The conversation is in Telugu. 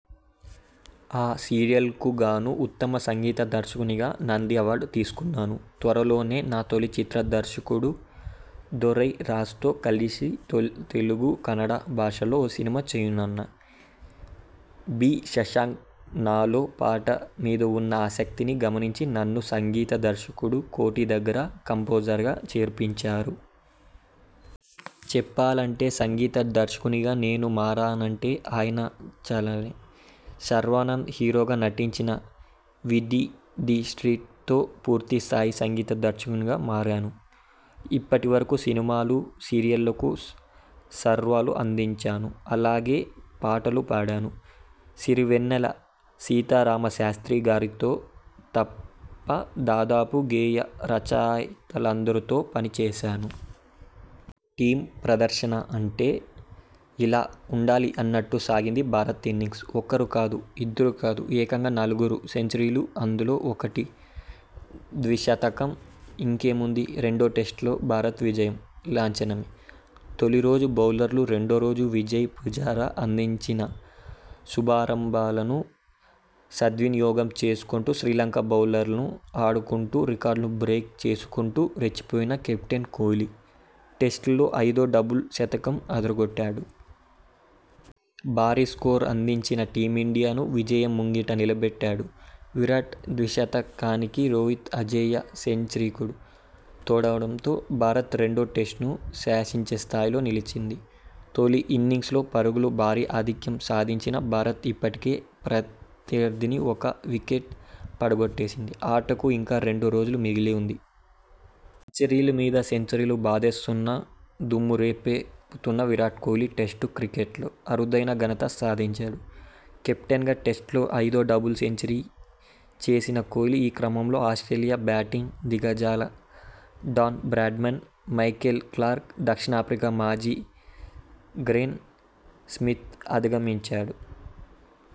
ఆ సీరియల్కు గానూ ఉత్తమ సంగీత దర్శకునిగా 'నంది' అవార్డు తీసుకున్నాను. త్వరలోనే నా తొలి చిత్ర దర్శకుడు దొరైరాజ్తో కలిసి తెలుగు, కన్నడ భాషల్లో ఓ సినిమా చేయనున్నా. బి. శశాంక్ నాలో పాట మీద ఉన్న ఆసక్తిని గమనించి, నన్ను సంగీత దర్శకుడు కోటి దగ్గర కంపోజర్గా చేర్పించారు. చెప్పాలంటే, సంగీత దర్శకునిగా నేను మారానంటే ఆయన చలవే. శర్వానంద్ హీరోగా నటించిన 'వీధి ద స్ట్రీట్'తో పూర్తిస్థాయి సంగీత దర్శకునిగా మారాను. ఇప్పటివరకూ సినిమాలు, సీరియళ్లకు సర్వాలు అందించాను. అలాగే పాటలు పాడాను. 'సిరివెన్నెల' సీతారామశాస్త్రి గారితో తప్ప దాదాపు గేయ రచయితలందరితోనూ పని చేశాను. టీమ్ ప్రదర్శన అంటే ఇలా ఉండాలిన్నట్టు సాగింది భారత ఇన్నింగ్స్! ఒకరు కాదు ఇద్దరు కాదు ఏకంగా నలుగురు సెంచరీలు అందులో ఒకటి ద్విశతకం ఇంకేముంది రెండో టెస్టులో భారత విజయం లాంఛనమే! తొలిరోజు బౌలర్లు రెండోరోజు విజయ్, పుజారా అందించిన శుభారంభాలను సద్వినియోగం చేసుకుంటూ శ్రీలంక బౌలర్లను ఆడుకుంటూ రికార్డులను బ్రేక్ చేసుకుంటూ రెచ్చిపోయిన కెప్టెన్ కోహ్లీ టెస్టుల్లో ఐదో డబుల్ శతకంతో అదరగొట్టాడు! భారీ స్కోరందించి టీమిండియాను విజయం ముంగిట నిలబెట్టాడు! విరాట్ ద్విశతకానికి రోహిత్ అజేయ సెంచరీకూడా తోడవడంతో భారత్ రెండో టెస్టును శాసించే స్థాయిలో నిలిచింది! తొలి ఇన్నింగ్స్లో పరుగుల భారీ ఆధిక్యం సాధించిన భారత్ ఇప్పటికే ప్రత్యర్థిని ఒక వికెట్ పడగొట్టేసింది. ఆటకు ఇంకా రెండు రోజులు మిగిలుంది. సెంచరీలమీద సెంచరీలు బాదేస్తున్న దుమ్మురే పుతున్న విరాట్ కోహ్లీ టెస్టు క్రికెట్లో అరుదైన ఘనత సాధించాడు. కెప్టెన్గా టెస్టుల్లో ఐదో డబుల్ సెంచ రీ చేసిన కోహ్లీ ఈ క్రమంలో ఆస్ర్టేలియా బ్యాటింగ్ దిగజాల Don Bradman, Michael Clarke, దక్షిణాఫ్రికా మాజీ గ్రేమ్ స్మిత్ను అధిగమించాడు.